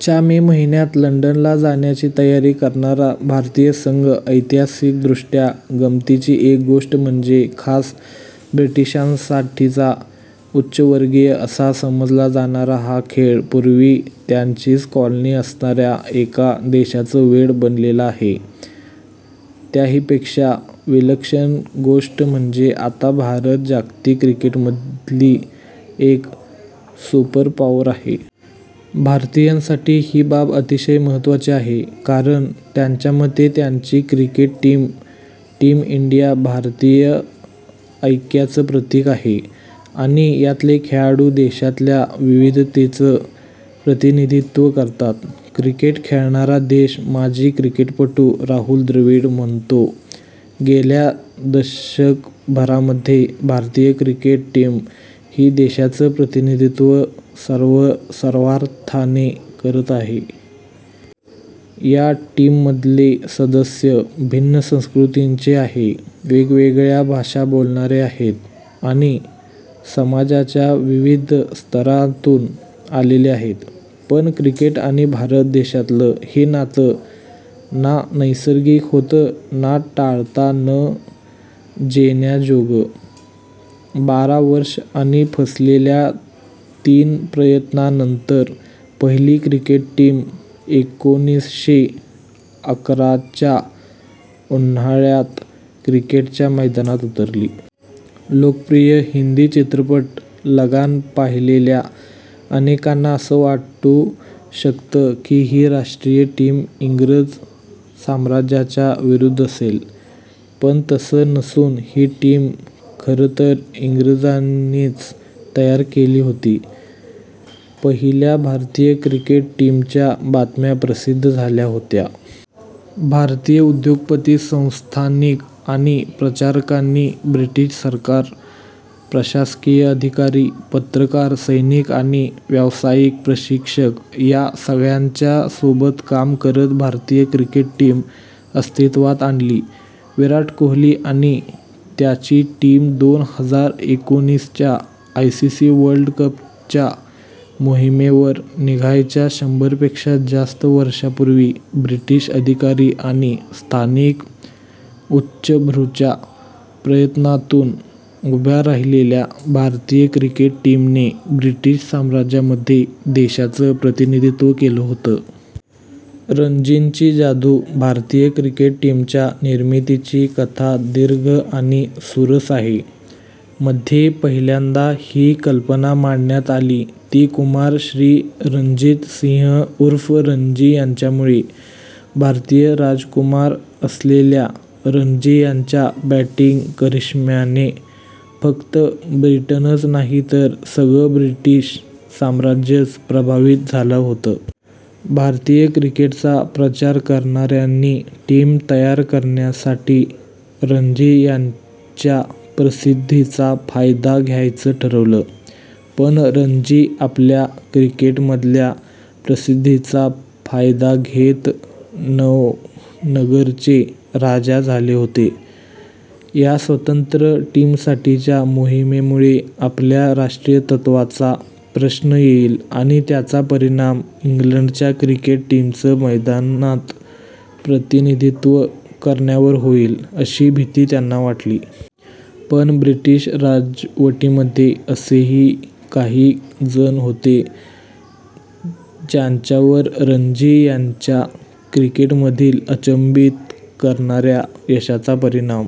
च्या मे महिन्यात लंडनला जाण्याची तयारी करणारा भारतीय संघ ऐतिहासिकदृष्ट्या गमतीची एक गोष्ट म्हणजे खास ब्रिटिशांसाठीचा, उच्चवर्गीय असा समजला जाणारा हा खेळ पूर्वी त्यांचीच कॉलनी असणाऱ्या एका देशाचं वेड बनलेला आहे. त्याहीपेक्षा विलक्षण गोष्ट म्हणजे आता भारत जागतिक क्रिकेटमधली एक सुपरपॉवर आहे. भारतीयांसाठी ही बाब अतिशय महत्त्वाची आहे कारण त्यांच्यामते त्यांची क्रिकेट टीम टीम इंडिया भारतीय ऐक्याचं प्रतीक आहे आणि यातले खेळाडू देशातल्या विविधतेचं प्रतिनिधित्व करतात. क्रिकेट खेळणारा देश माजी क्रिकेटपटू राहुल द्रविड म्हणतो, गेल्या दशकभरामध्ये भारतीय क्रिकेट टीम ही देशाचं प्रतिनिधित्व सर्वाथाने करत आहे. या टीममधले सदस्य भिन्न संस्कृतींचे आहे, वेगवेगळ्या भाषा बोलणारे आहेत आणि समाजाच्या विविध स्तरांतून आलेले आहेत. पण क्रिकेट आणि भारत देशातलं हे नातं ना नैसर्गिक होतं ना टाळता न जेण्याजोगं. बारा वर्षं आणि फसलेल्या तीन प्रयत्नांनंतर पहिली क्रिकेट टीम एकोणीसशे अकराच्या उन्हाळ्यात क्रिकेटच्या मैदानात उतरली. लोकप्रिय हिंदी चित्रपट लगान पाहिलेल्या अनेकांना असं वाटू शकतं की ही राष्ट्रीय टीम इंग्रज साम्राज्याच्या विरुद्ध असेल. पण तसं नसून ही टीम खरंतर इंग्रजांनीच तयार केली होती. पहिल्या भारतीय क्रिकेट टीमच्या बातम्या प्रसिद्ध झाल्या होत्या. भारतीय उद्योगपती, संस्थानिक आणि प्रचारकांनी ब्रिटिश सरकार, प्रशासकीय अधिकारी, पत्रकार, सैनिक आणि व्यावसायिक प्रशिक्षक या सगळ्यांच्या सोबत काम करत भारतीय क्रिकेट टीम अस्तित्वात आणली. विराट कोहली आणि त्याची टीम दोन हजार एकोणीसच्या आयसीसी वर्ल्ड कपच्या मोहीमेवर निघायच्या शंभरपेक्षा जास्त वर्षांपूर्वी, ब्रिटिश अधिकारी आणि स्थानिक उच्चभ्रूंच्या प्रयत्नांतून उभ्या राहिलेल्या भारतीय क्रिकेट टीमने ब्रिटिश साम्राज्यामध्ये देशाचं प्रतिनिधित्त्व केलं होतं. रणजींची जादू भारतीय क्रिकेट टीमच्या निर्मितीची कथा दीर्घ आणि सुरस आहे. मध्ये पहिल्यांदा ही कल्पना मांडण्यात आली ती कुमार श्री रणजीत सिंह ऊर्फ रणजी यांच्यामुळे. भारतीय राजकुमार असलेल्या रणजी यांच्या बॅटिंग करिश्म्याने फक्त ब्रिटनच नाही तर सगळं ब्रिटिश साम्राज्यच प्रभावित झालं होतं. भारतीय क्रिकेटचा प्रचार करणाऱ्यांनी टीम तयार करण्यासाठी रणजी यांच्या प्रसिद्धीचा फायदा घ्यायचं ठरवलं. पण रणजी आपल्या क्रिकेटमधल्या प्रसिद्धीचा फायदा घेत नवनगरचे राजा झाले होते. या स्वतंत्र टीमसाठीच्या मोहीमेमुळे आपल्या राष्ट्रीयत्त्वाचा प्रश्न येईल आणि त्याचा परिणाम इंग्लंडच्या क्रिकेट टीमचं मैदानात प्रतिनिधित्व करण्यावर होईल, अशी भीती त्यांना वाटली. पण ब्रिटिश राजवटीमध्ये असेही काही जण होते ज्यांच्यावर रणजी यांच्या क्रिकेटमधील अचंबित करणाऱ्या यशाचा परिणाम